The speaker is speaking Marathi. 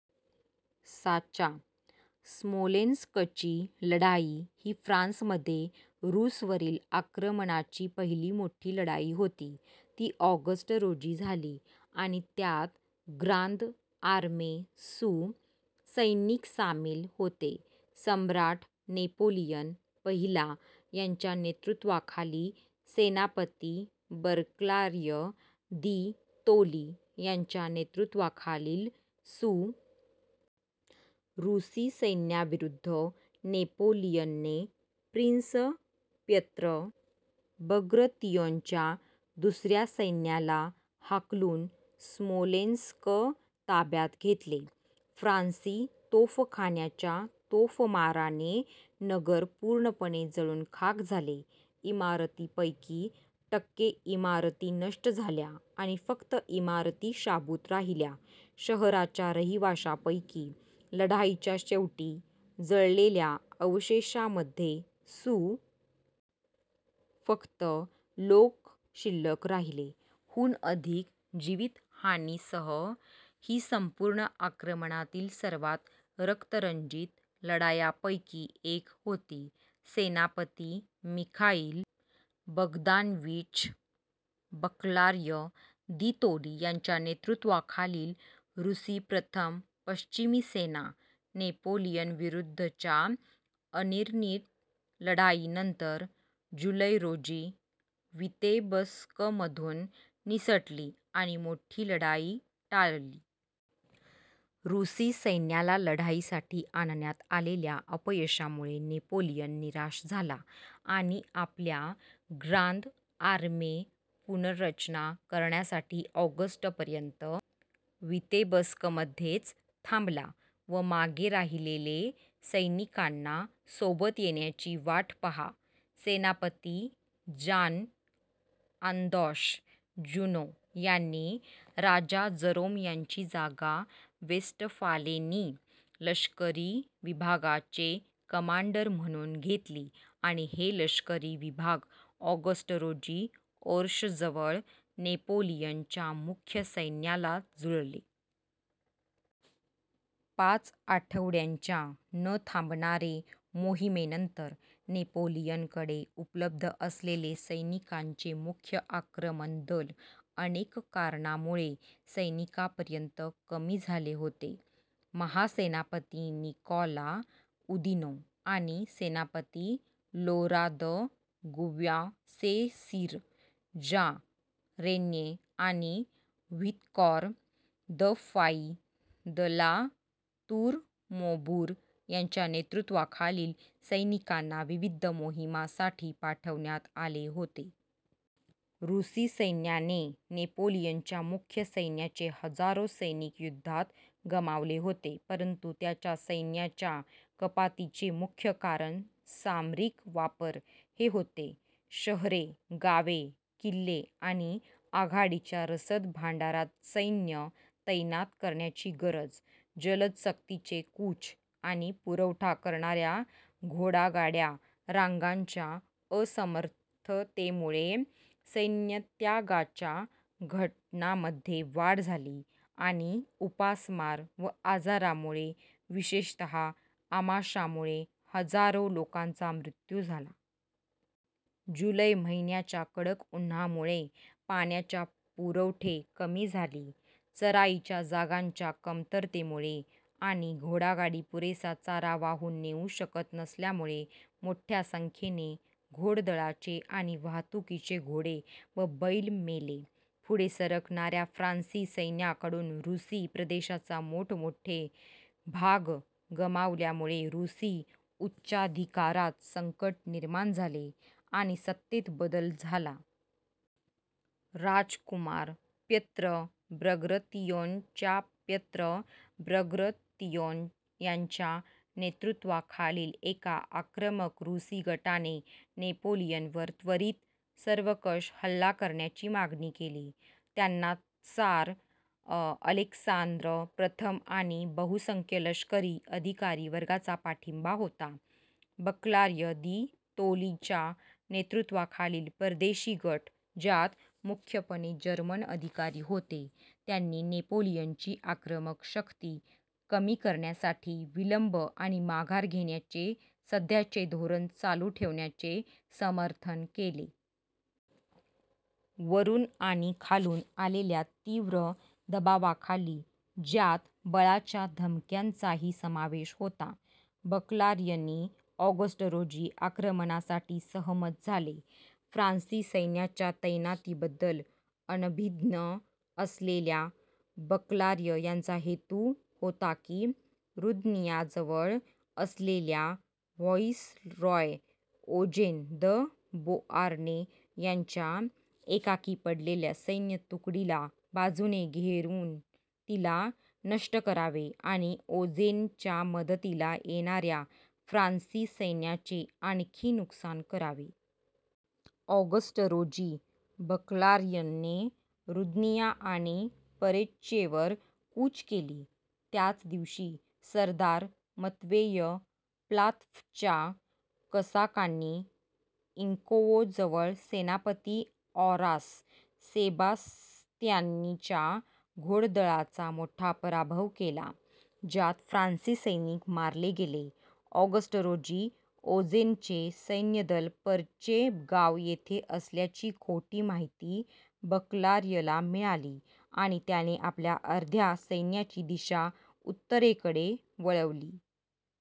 साचा: स्मोलेन्स्कची लढाई ही फ्रान्सचे रूसवरील आक्रमणाची पहिली मोठी लढाई होती. ती - ऑगस्ट रोजी झाली आणि त्यात ग्रांद आर्मे सु. सैनिक सामील होते. सम्राट नेपोलियन पहिला यांच्या नेतृत्वाखाली सेनापती बर्क्लाय दि तोली यांच्या नेतृत्वाखालील सु. रूसी सैन्याविरुद्ध. नेपोलियनने प्रिन्स प्यत्र बग्रतियोनच्या दुसऱ्या सैन्याला हाकलून स्मोलेन्स्क ताब्यात घेतले. फ्रान्सी तोफखान्याच्या तोफमाराने नगर पूर्णपणे जळून खाक झाले. इमारतींपैकी टक्के इमारती नष्ट झाल्या आणि फक्त इमारती शाबूत राहिल्या. शहराच्या रहिवाशांपैकी, लढाईच्या शेवटी जळलेल्या अवशेषांमध्ये सु. फक्त लोक शिल्लक राहिले., हून अधिक जीवितहानीसह, ही संपूर्ण आक्रमणातील सर्वात रक्तरंजित लढायांपैकी एक होती. सेनापती मिखाईल बगदानव्यिच बर्क्लाय दि तोली यांच्या नेतृत्वाखालील रूसी प्रथम पश्चिमी सेना, नेपोलियनविरुद्धच्या अनिर्णित लढाईनंतर जुलै रोजी वितेब्स्कमधून निसटली आणि मोठी लढाई टाळली. रूसी सैन्याला लढाईसाठी आणण्यात आलेल्या अपयशामुळे नेपोलियन निराश झाला आणि आपल्या ग्रांद आर्मे पुनर्रचना करण्यासाठी ऑगस्टपर्यंत वितेब्स्कमध्येच थांबला व मागे राहिलेले सैनिकांना सोबत येण्याची वाट पहा. सेनापती जांन-आंदॉश जुनो यांनी राजा जरोम यांची जागा वेस्टफालेनी लष्करी विभागांचे कमांडर म्हणून घेतली आणि हे लष्करी विभाग ऑगस्ट रोजी ओर्षजवळ नेपोलियनच्या मुख्य सैन्याला जुळले. पाच आठवड्यांच्या न-थांबणारे मोहिमांनंतर, नेपोलियनकडे उपलब्ध असलेले सैनिकांचे मुख्य आक्रमण दल अनेक कारणांमुळे सैनिकांपर्यंत कमी झाले होते. महासेनापती निकॉला उदिनो आणि सेनापती लोरां द गुव्याँ सें-सीर, जां रेन्ये आणि Victor de Fay de La Tour Maubourg यांच्या नेतृत्वाखालील सैनिकांना विविध मोहिमांसाठी पाठवण्यात आले होते. रूसी सैन्याने नेपोलियनच्या मुख्य सैन्याचे हजारो सैनिक युद्धात गमावले होते, परंतु त्याच्या सैन्याच्या कपातीचे मुख्य कारण सामरिक वापर हे होते शहरे, गावे, किल्ले आणि आघाडीच्या रसद भांडारात सैन्य तैनात करण्याची गरज. जलद सक्तीचे कूच आणि पुरवठा करणाऱ्या घोडागाड्या रांगांच्या असमर्थतेमुळे सैन्यत्यागाच्या घटनांमध्ये वाढ झाली आणि उपासमार व आजारांमुळे, विशेषतः आमांशामुळे, हजारो लोकांचा मृत्यू झाला. जुलै महिन्याच्या कडक उन्हामुळे पाण्याच्या पुरवठे कमी झाली. चराईच्या जागांच्या कमतरतेमुळे आणि घोडागाडी पुरेसा चारा वाहून नेऊ शकत नसल्यामुळे मोठ्या संख्येने घोडदळाचे आणि वाहतुकीचे घोडे व बैल मेले. पुढे सरकणाऱ्या फ्रांसी सैन्याकडून रूसी प्रदेशाचा मोठमोठे भाग गमावल्यामुळे रूसी उच्चाधिकारात संकट निर्माण झाले आणि सत्तेत बदल झाला. राजकुमार प्यत्र बग्रतियोनच्याप्यत्र बग्रतियोन यांच्या नेतृत्वाखालील एका आक्रमक "रूसी" गटाने नेपोलियनवर त्वरित, सर्वंकष हल्ला करण्याची मागणी केली. त्यांना त्सार अलेक्सांद्र प्रथम आणि बहुसंख्य लष्करी अधिकारी वर्गाचा पाठिंबा होता. बर्क्लाय दि तोलींच्या नेतृत्वाखालील "परदेशी" गट, ज्यात मुख्यपणे जर्मन अधिकारी होते, त्यांनी नेपोलियनची आक्रमक शक्ती कमी करण्यासाठी विलंब आणि माघार घेण्याचे सध्याचे धोरण चालू ठेवण्याचे समर्थन केले. वरून आणि खालून आलेल्या तीव्र दबावाखाली, ज्यात बळाच्या धमक्यांचाही समावेश होता, बर्क्लायनी ऑगस्ट रोजी आक्रमणासाठी सहमत झाले. फ्रान्सी सैन्याच्या तैनातीबद्दल अनभिज्ञ असलेल्या बर्क्लाय यांचा हेतू होता की, रुद्नियाजवळ असलेल्या व्हाइसरॉय ओजेन द बोआर्ने यांच्या एकाकी पडलेल्या सैन्य तुकडीला बाजूने घेरून, तिला नष्ट करावे आणि ओजेनच्या मदतीला येणाऱ्या फ्रांसी सैन्याचे आणखी नुकसान करावे. ऑगस्ट रोजी बर्क्लायने रुद्निया आणि परेच्येवर कूच केली. त्याच दिवशी, सरदार मत्वेय प्लातफच्या कसाकांनी इंकोवो जवळ सेनापती ऑरास सेबास्त्यानीच्या घोडदळाचा मोठा पराभव केला, ज्यात फ्रांसी सैनिक मारले गेले. ऑगस्ट रोजी, ओजेनचे सैन्यदल परच्ये गाव येथे असल्याची खोटी माहिती बर्क्लायला मिळाली आणि त्याने आपल्या अर्ध्या सैन्याची दिशा उत्तरेकडे वळवली.